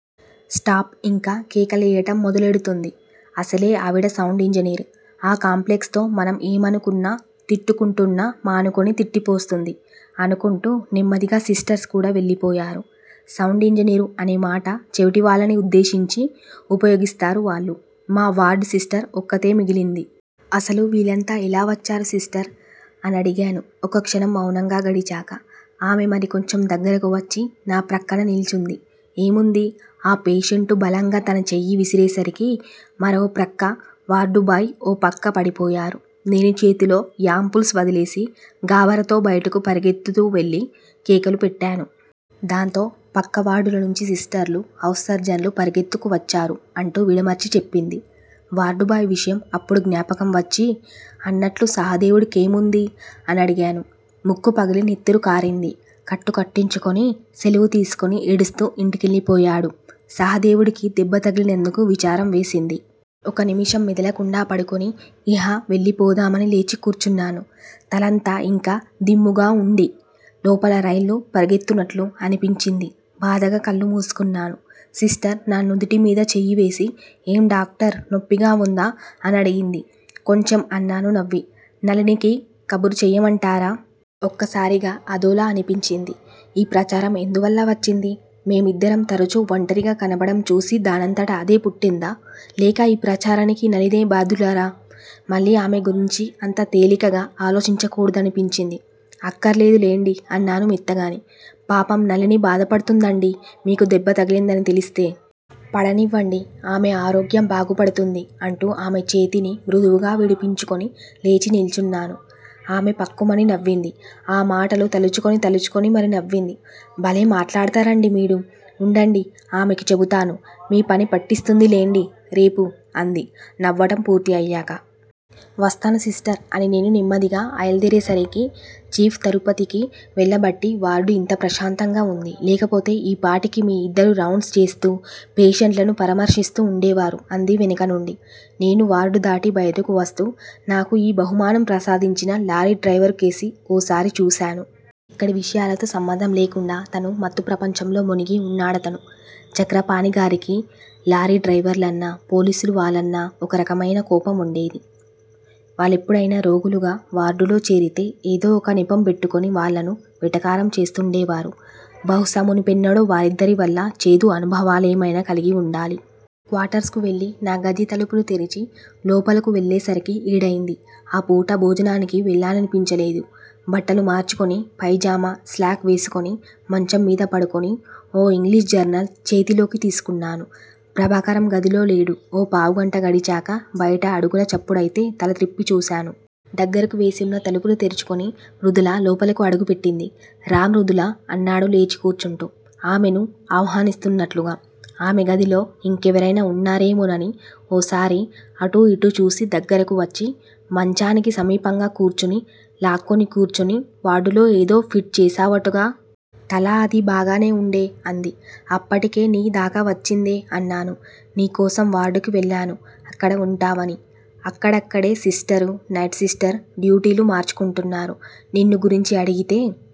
Staff యింక కేక లెయ్యటం మొదలెడుతుంది. అసలే ఆవిడ సౌండ్ యింజనీర్. ఆ కాంప్లెక్సుతో మనం ఏమనుకున్నా తిట్టుకుంటున్నా మానుకుని తిట్టి పోస్తుంది. అనుకుంటూ, నెమ్మదిగా సిస్టర్స్ కూడా వెళ్ళిపోయారు. సౌండ్ యింజనీరు అనే మాట చెవిటివాళ్ళని ఉద్దేశించి ఉపయోగిస్తారు వాళ్ళు. మా వార్డు సిస్టర్ ఒక్కతే మిగిలింది. అసలు వీళ్ళంతా ఎలా వచ్చారు సిస్టర్! అనడిగాను, ఒక క్షణం మౌనంగా గడిచాక. ఆమె మరి కొంచెం దగ్గరకు వచ్చి నా ప్రక్కన నిల్చుంది. ఏముంది? ఆ పేషెంటు బలంగా తన చెయ్యి విసిరేసరికి మీరొ ప్రక్కా, వార్డుబాయ్ ఒ ప్రక్కా పడిపోయారు. నేను చేతిలో యాంపుల్స్ వదిలేసి గాభరాతో బయటకు పరిగెత్తుకు వెళ్ళి కేకలు పెట్టాను. దాంతో ప్రక్క వార్డులనుంచి సిస్టర్లూ, హౌస్ సర్జన్లూ పరిగెత్తుకు వచ్చారు అంటూ, విడమర్చి చెప్పింది. వార్డుబాయ్ విషయం అప్పుడు జ్ఞాపకం వచ్చి అన్నట్లు సహదేవుడి కేముంది? అనడిగాను. ముక్కు పగిలి నెత్తురుకారింది. కట్టు కట్టించుకుని, సెలవు తీసుకుని ఏడుస్తూ యింటికివెళ్ళిపోయాడు. సహదేవుడికి దెబ్బ తగిలినందుకు విచారం వేసింది. ఒక నిముషం మెదలకుండా పడుకుని యిహ వెళ్ళిపోదామని లేచి కూర్చున్నాను. తలంతా యింకా దిమ్ముగా వుండి, లోపల రైళ్ళు పరిగెత్తున్నట్లు అనిపించింది. బాధగా కళ్ళు మూసుకున్నాను. సిస్టర్ నా నుదుటిమీద చెయ్యివేసి ఏం డాక్టర్, నొప్పిగా వుందా? అనడిగింది. కొంచెం అన్నాను నవ్వి. నళినికి కబురు చెయ్యమంటారా? ఒక్కసారిగా అదోలా అనిపించింది. ఈ ప్రచారం ఎందువల్ల వచ్చింది? మేమిద్దరం తరుచు వంటరిగా కనబడటం చూసి దానంతట అదే పుట్టిందా? లేక ఈ ప్రచారానికి నళినే బాధ్యురాలా! మళ్ళీ ఆమె గురించి అంత తేలికగా ఆలోచించకూడదనిపించింది. అఖ్కర్లేదులెండి అన్నాను మెత్తగానే. పాపం నళిని బాధపడుతుందండి మీకు దెబ్బ తగిలిందని తెలిస్తే. పడనివ్వండి. ఆమె ఆరోగ్యం బాగుపడుతుంది అంటూ ఆమె చేతిని మృదువుగా విడిపించుకుని లేచి నిల్చున్నాను. ఆమె ఫక్కుమని నవ్వింది. ఆ మాటలు తలుచుకుని తలుచుకుని మరీ నవ్వింది. బలే మాట్లాడతారండి మీరు. ఉండండి ఆమెకు చెబుతాను. మీపని పట్టిస్తుంది లెండి, రేపు అంది, నవ్వటం పూర్తి అయ్యాక. వస్తాను సిస్టర్! అని నేను నెమ్మదిగా ఆయల్దేరేసరికి చీఫ్ తిరుపతికి వెళ్ళబట్టి వార్డు యింత ప్రశాంతంగా వుంది. లేకపోతే యీ పాటికి మీ ఇద్దరూ రౌండ్సు చేస్తూ, పేషెంట్లను పరామర్శిస్తూ ఉండేవారు అంది వెనక నుండి. నేను వార్డుదాటి బయటకువస్తూ నాకు యీ బహుమానం ప్రసాదించిన లారీ డ్రైవరు కేసి ఒసారి చూశాను. ఇక్కడి విషయాలతో సంబంధం లేకుండా తను మత్తు ప్రపంచంలో మునిగి ఉన్నాడతను. చక్రపాణిగారికి లారీ డ్రైవర్లన్నా పోలీసువాళ్ళన్నా, ఒకరకమైన కోపం వుండేది. వాళ్ళెప్పుడైనా రోగులుగా వార్డులో చేరితే ఏదో ఒక నెపం పెట్టుకుని వాళ్ళను వెటకారం చేస్తూండేవారు. బహుశా మునుపెన్నడో వారిద్దరివల్లా చేదు అనుభవాలేమైనా కలిగివుండాలి. క్వార్టర్సుకు వెళ్ళి, నా గదితలుపులు తెరిచి లోపలకు వెళ్ళేసరికి ఏడయింది. ఆపూట భోజనానికి వెళ్ళాలనిపించలేదు. బట్టలు మార్చుకుని, పైజామా, స్లాక్ వేసుకుని మంచంమీద పడుకుని, ఓ యింగ్లీషు జర్నల్ చేతిలోకి తీసుకున్నాను. ప్రభాకరం గదిలో లేడు. ఓ పావుగంట గడిచాక బయట అడుగుల చప్పుడయితే తలత్రిప్పి చూశాను. దగ్గరకు వేసి వున్న తలుపులు తెరుచుకుని మృదుల లోపలకు అడుగు పెట్టింది. రా మృదులా! అన్నాడు లేచి కూర్చుంటూ. ఆమెను ఆహ్వానిస్తున్నట్లుగా. ఆమె గదిలో యింకెవరైనా వున్నారేమోనని ఓసారి అటూ యిటూ చూసి దగ్గరకు వచ్చి, మంచానికి సమీపంగా కూర్చుని లాక్కుని కూర్చుని వార్డులో ఏదో ఫీట్ చేశావుటగా! తలా అదీ బాగానే ఉండే అంది. అప్పటికే నీ దాకావచ్చిందే అన్నాను. నీకోసం వార్డుకి వెళ్ళాను. అక్కడ వుంటావని. అక్కడక్కడే సిస్టరూ, నైట్ సిస్టరూ డ్యూటీలు మార్చుకుంటున్నారు. నిన్ను గురించి అడిగితే